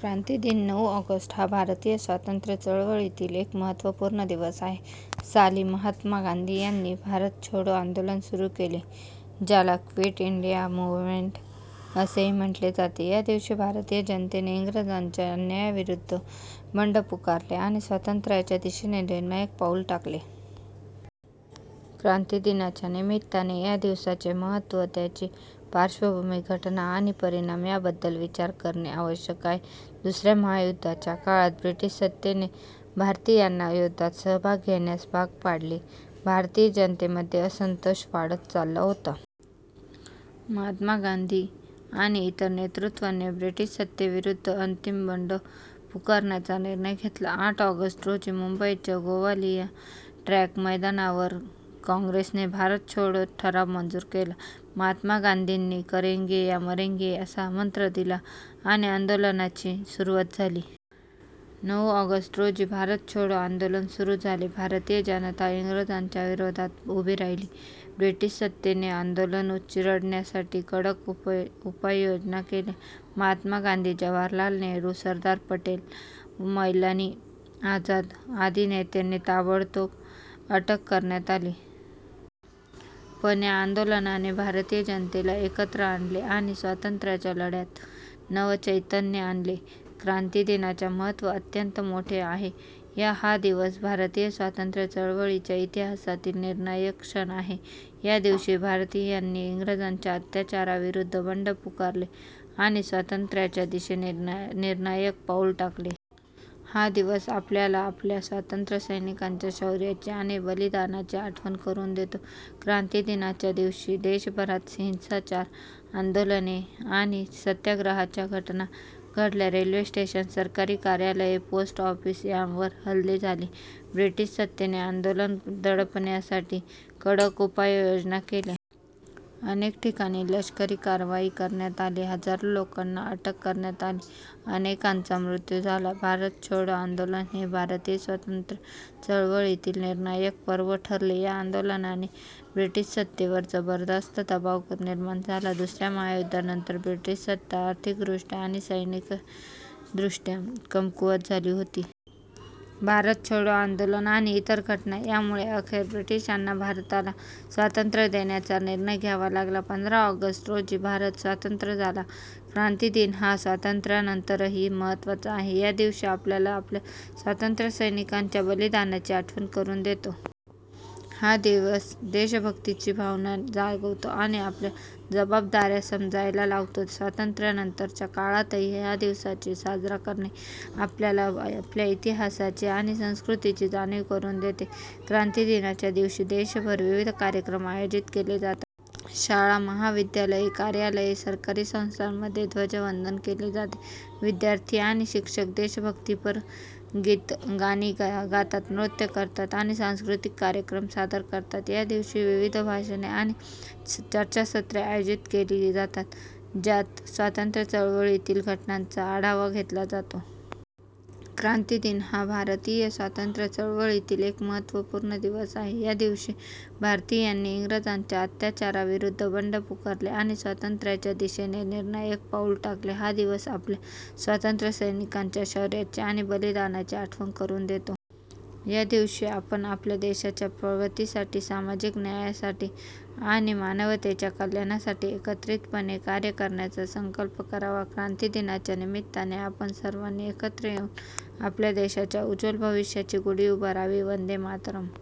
क्रांती दिन, नऊ ऑगस्ट, हा भारतीय स्वातंत्र्य चळवळीतील एक महत्त्वपूर्ण दिवस आहे. साली महात्मा गांधी यांनी भारत छोडो आंदोलन सुरू केले, ज्याला क्विट इंडिया मूवमेंट असेही म्हटले जाते. या दिवशी भारतीय जनतेने इंग्रजांच्या अन्यायाविरुद्ध बंड पुकारले आणि स्वातंत्र्याच्या दिशेने निर्णायक पाऊल टाकले. क्रांती दिनाच्या निमित्ताने या दिवसाचे महत्त्व, त्याची पार्श्वभूमी, घटना आणि परिणाम याबद्दल विचार करणे आवश्यक आहे. दुसऱ्या महायुद्धाच्या काळात ब्रिटिश सत्तेने भारतीयांना युद्धात सहभाग घेण्यास भाग पाडले. भारतीय जनतेमध्ये असंतोष वाढत चालला होता. महात्मा गांधी आणि इतर नेतृत्वांनी ब्रिटिश सत्तेविरुद्ध अंतिम बंड पुकारण्याचा निर्णय घेतला. आठ ऑगस्ट रोजी मुंबईच्या गोवालिया टँक मैदानावर काँग्रेसने भारत छोडो ठराव मंजूर केला. महात्मा गांधींनी करेंगे या मरेंगे असा मंत्र दिला आणि आंदोलनाची सुरुवात झाली. नऊ ऑगस्ट रोजी भारत छोडो आंदोलन सुरू झाले. भारतीय जनता इंग्रजांच्या विरोधात उभी राहिली. ब्रिटिश सत्तेने आंदोलन चिरडण्यासाठी कडक उपाययोजना केल्या. महात्मा गांधी, जवाहरलाल नेहरू, सरदार पटेल, मौलाना आझाद आदी नेत्यांना ताबडतोब अटक करण्यात आली. पण या आंदोलनाने भारतीय जनतेला एकत्र आणले आणि स्वातंत्र्याच्या लढ्यात नवचैतन्य आणले. क्रांती दिनाचे महत्त्व अत्यंत मोठे आहे. हा दिवस भारतीय स्वातंत्र्य चळवळीच्या इतिहासातील निर्णायक क्षण आहे. या दिवशी भारतीयांनी इंग्रजांच्या अत्याचाराविरुद्ध बंड पुकारले आणि स्वातंत्र्याच्या दिशेने निर्णायक पाऊल टाकले. हा दिवस आपल्याला आपल्या स्वातंत्र्यसैनिकांच्या शौर्याची आणि बलिदानाची आठवण करून देतो. क्रांती दिनाच्या दिवशी देशभरात हिंसाचार, आंदोलने आणि सत्याग्रहाच्या घटना घडल्या. रेल्वे स्टेशन, सरकारी कार्यालये, पोस्ट ऑफिस यांवर हल्ले झाले. ब्रिटिश सत्तेने आंदोलन दडपण्यासाठी कडक उपाययोजना केल्या. अनेक ठिकाणी लष्करी कारवाई करण्यात आली. हजारो लोकांना अटक करण्यात आली, अनेकांचा मृत्यू झाला. भारत छोडो आंदोलन हे भारतीय स्वातंत्र्य चळवळीतील निर्णायक पर्व ठरले. या आंदोलनाने ब्रिटिश सत्तेवर जबरदस्त दबाव निर्माण झाला. दुसऱ्या महायुद्धानंतर ब्रिटिश सत्ता आर्थिकदृष्ट्या आणि सैनिकीदृष्ट्या कमकुवत झाली होती. भारत छोडो आंदोलन आणि इतर घटना यामुळे अखेर ब्रिटिशांना भारताला स्वातंत्र्य देण्याचा निर्णय घ्यावा लागला. पंधरा ऑगस्ट रोजी भारत स्वतंत्र झाला. क्रांती दिन हा स्वातंत्र्यानंतरही महत्त्वाचा आहे. या दिवशी आपल्याला आपल्या स्वातंत्र्यसैनिकांच्या बलिदानाची आठवण करून देतो. हा दिवस देशभक्तीची भावना जागवतो आणि आपल्या जबाबदाऱ्या समजायला लावतो. स्वातंत्र्यानंतरच्या काळातही या दिवसाचा साजरा करणे आपल्याला आपल्या इतिहासाची आणि संस्कृतीची जाणीव करून देते. क्रांती दिनाच्या दिवशी देशभर विविध कार्यक्रम आयोजित केले जातात. शाळा, महाविद्यालये, कार्यालये, सरकारी संस्थांमध्ये ध्वजवंदन केले जाते. विद्यार्थी आणि शिक्षक देशभक्तीपर गाणी गातात, नृत्य करतात आणि सांस्कृतिक कार्यक्रम सादर करतात. या दिवशी विविध भाषणे आणि चर्चासत्रे आयोजित केली जातात, ज्यात स्वातंत्र्य चळवळीतील घटनांचा आढावा घेतला जातो. क्रांती दिन हा भारतीय स्वातंत्र्य चळवळीतील एक महत्त्वपूर्ण दिवस आहे. या दिवशी भारतीयांनी इंग्रजांच्या अत्याचाराविरुद्ध बंड पुकारले आणि स्वातंत्र्याच्या दिशेने निर्णायक पाऊल टाकले. हा दिवस आपल्या स्वातंत्र्यसैनिकांच्या शौर्याची आणि बलिदानाची आठवण करून देतो. या दिवशी आपण आपल्या देशाच्या प्रगतीसाठी, सामाजिक न्यायासाठी आणि मानवतेच्या कल्याणासाठी एकत्रितपणे कार्य करण्याचा संकल्प करावा. क्रांती दिनाच्या निमित्ताने आपण सर्वांनी एकत्र येऊन आपल्या देशाच्या उज्ज्वल भविष्याची गुढी उभारावी. वंदे मातरम्.